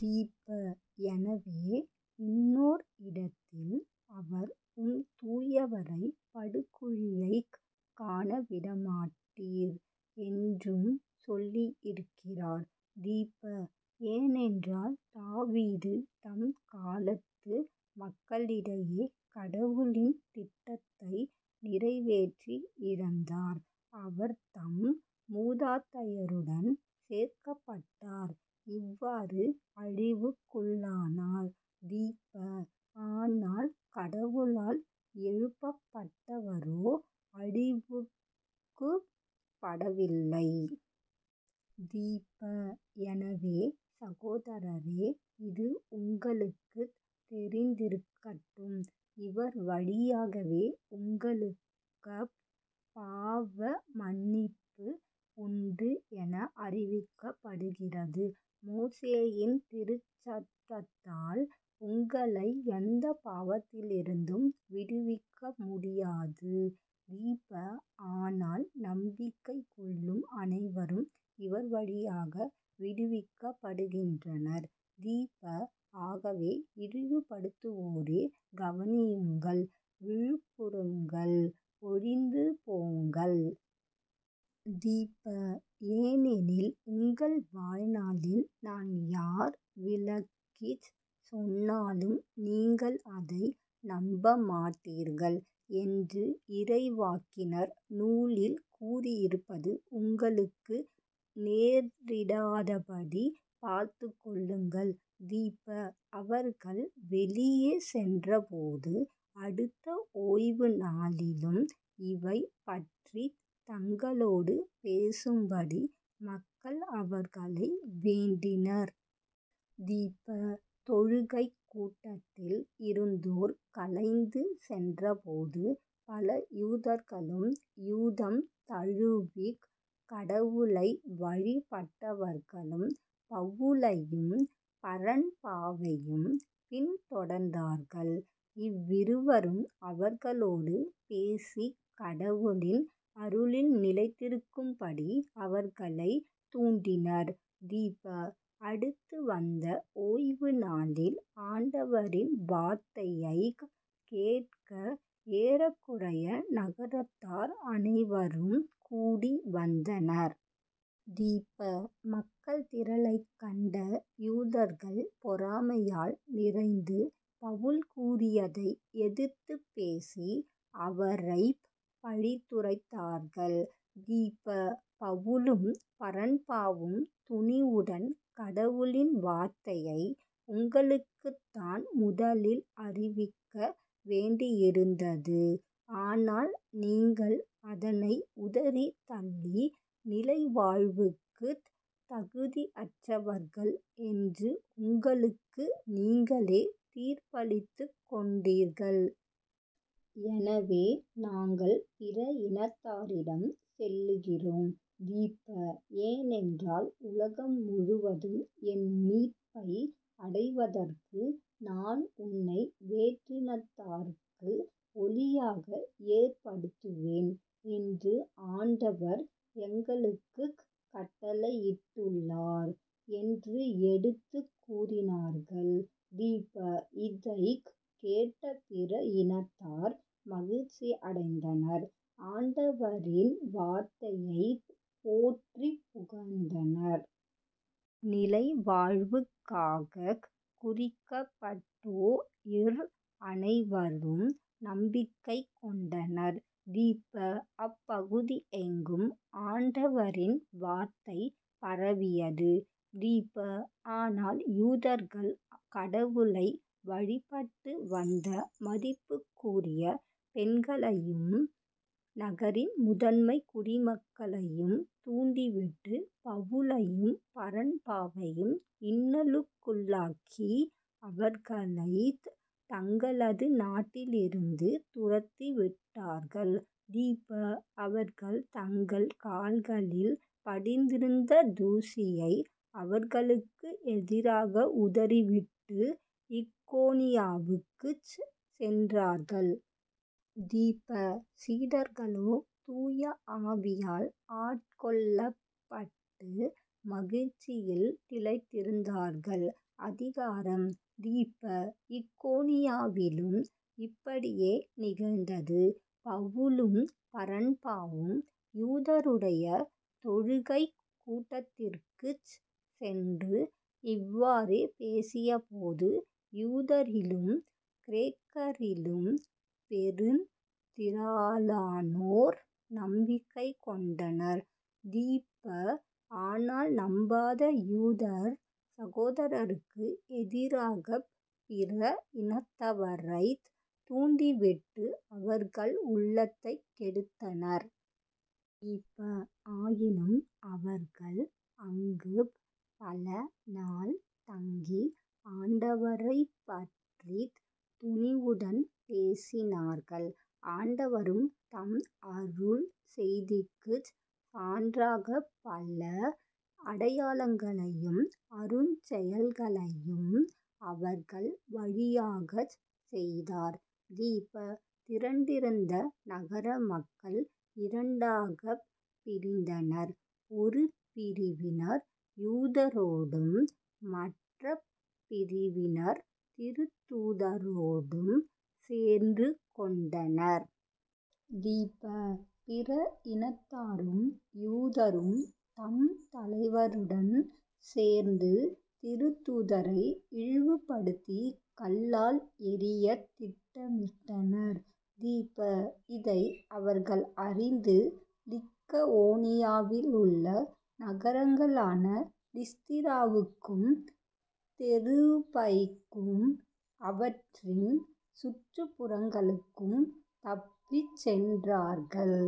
திப. எனவே இன்னோர் இடத்தில் அவர் " உம் தூயவரை படுகுழியைக் காணவிடமாட்டீர் " என்றும் சொல்லியிருக்கிறார். திப. ஏனென்றால் தாவீது தம் காலத்து மக்களிடையே கடவுளின் திட்டத்தை நிறைவேற்றி இறந்தார். அவர் தம் மூதாதையருடன் சேர்க்கப்பட்டார் இவ்வாறு அழிவுக்குள்ளானார். திப. ஆனால் கடவுளால் எழுப்பப்பட்டவரோ அழிவுக்குட்படவில்லை. திப. எனவே சகோதரரே இது உங்களுக்குத் தெரிந்திருக்கட்டும் இவர் வழியாகவே உங்களுக்கப் பாவ மன்னிப்பு உண்டு என அறிவிக்கப்படுகிறது. மோசேயின் திருச்சட்டத்தால் உங்களை எந்தப் பாவத்திலிருந்தும் விடுவிக்கமுடியாது. திப. ஆனால் நம்பிக்கை கொள்ளும் அனைவரும் இவர்வழியாக விடுவிக்கப்படுகின்றனர். திப. ஆகவே " இழிவுபடுத்துவோரே கவனியுங்கள், வியப்புறுங்கள், ஒழிந்து போங்கள். திப. ஏனெனில் உங்கள் வாழ்நாளில் நான் யார் விளக்கிச் சொன்னாலும் நீங்கள் அதை நம்பமாட்டீர்கள். " என்று இறைவாக்கினர் நூலில் கூறியிருப்பது உங்களுக்கு நேரிடாதபடி பார்த்துக்கொள்ளுங்கள். திப. அவர்கள் வெளியே சென்றபோது அடுத்த ஓய்வு நாளிலும் இவை பற்றித் தங்களோடு பேசும்படி மக்கள் அவர்களை வேண்டினர். திப. தொழுகைக் கூடத்தில் இருந்தோர் கலைந்து சென்றபோது பல யூதர்களும் யூதம் தழுவிக் கடவுளை வழிபட்டவர்களும் பவுலையும் பர்னபாவையும் பின் தொடர்ந்தார்கள். இவ்விருவரும் அவர்களோடு பேசிக் கடவுளின் அருளில் நிலைத்திருக்கும்படி அவர்களைத் தூண்டினர். திப. அடுத்து வந்த ஓய்வு நாளில் ஆண்டவரின் வார்த்தையைக் கேட்க ஏறக்குறைய நகரத்தார் அனைவரும் கூடி வந்தனர். திப. மக்கள் திரளைக் கண்ட யூதர்கள் பொறாமையால் நிறைந்து பவுல் கூறியதை எதிர்த்துப் பேசி அவரைப் பழித்துரைத்தார்கள். திப. பவுலும் பர்னபாவும் துணிவுடன் " கடவுளின் வார்த்தையை உங்களுக்குத்தான் முதலில் அறிவிக்க வேண்டியிருந்தது. ஆனால் நீங்கள் அதனை உதறித் தள்ளி நிலை வாழ்வுக்குத் தகுதியற்றவர்கள் என்று உங்களுக்கு நீங்களே தீர்ப்பளித்துக் கொண்டீர்கள். எனவே நாங்கள் பிற இனத்தாரிடம் செல்லுகிறோம். திப. ஏனென்றால் " உலகம் முழுவதும் என் மீட்பை அடைவதற்கு நான் உன்னை வேற்றினத்தார்க்கு ஒளியாக ஏற்படுத்துவேன் " என்று ஆண்டவர் எங்களுக்குக் கட்டளையிட்டுள்ளார் " என்று எடுத்துக் கூறினார்கள். திப. இதைக் கேட்ட பிற இனத்தார் மகிழ்ச்சியடைந்தனர் ஆண்டவரின் வார்த்தையைப் போற்றிப் புகழ்ந்தனர். நிலைவாழ்வுக்காகக் குறிக்கப்பட்டோ ர் அனைவரும் நம்பிக்கை கொண்டனர். திப. அப்பகுதியெங்கும் ஆண்டவரின் வார்த்தை பரவியது. திப. ஆனால் யூதர்கள் கடவுளை வழிபட்டு வந்த மதிப்புக்குரிய பெண்களையும் நகரின் முதன்மைக் குடிமக்களையும் தூண்டிவிட்டு பவுலையும் பர்னபாவையும் இன்னலுக்குள்ளாக்கி அவர்களைத் தங்களது நாட்டிலிருந்து துரத்திவிட்டார்கள். திப. அவர்கள் தங்கள் கால்களில் படிந்திருந்த தூசியை அவர்களுக்கு எதிராக உதறிவிட்டு இக்கோனியாவுக்குச் சென்றார்கள். திப. சீடர்களோ தூய ஆவியால் ஆட்கொள்ளப்பட்டு மகிழ்ச்சியில் திளைத்திருந்தார்கள்.. அதிகாரம் திப. இக்கோனியாவிலும் இப்படியே நிகழ்ந்தது. பவுலும் பர்னபாவும் யூதருடைய தொழுகைக் கூடத்திற்குச் சென்று இவ்வாறே பேசியபோது யூதரிலும் கிரேக்கரிலும் பெருந் திரளானோர் நம்பிக்கை கொண்டனர். திப. ஆனால் நம்பாத யூதர் சகோதரருக்கு எதிராகப் பிற இனத்தவரைத் தூண்டிவிட்டு அவர்கள் உள்ளத்தைக் கெடுத்தனர். திப. ஆயினும் அவர்கள் அங்குப் பல நாள் தங்கி ஆண்டவரைப்பற்றித் துணிவுடன் பேசினார்கள். ஆண்டவரும் தம் அருள் செய்திக்குச் சான்றாகப் பல அடையாளங்களையும் அருஞ்செயல்களையும் அவர்கள் வழியாகச் செய்தார். திப. திரண்டிருந்த நகரமக்கள் இரண்டாகப் பிரித்தனர். ஒரு பிரிவினர் யூதரோடும் மற்றப் பிரிவினர் திருத்தூதரோடும் சேர்ந்துகொண்டனர். திப. பிற இனத்தாரும் யூதரும் தம் தலைவர்களும் சோந்து திருத்தூதரை இழிவுபடுத்தி கல்லால் எறியத் திட்டமிட்டனர். திப. இதை அவர்கள் அறிந்து லிக்கவோனியாவிலுள்ள நகரங்களான லிஸ்திராவுக்கும் தெருபைக்கும் அவற்றின் சுற்றுப்புறங்களுக்கும் தப்பிச் சென்றார்கள். திப.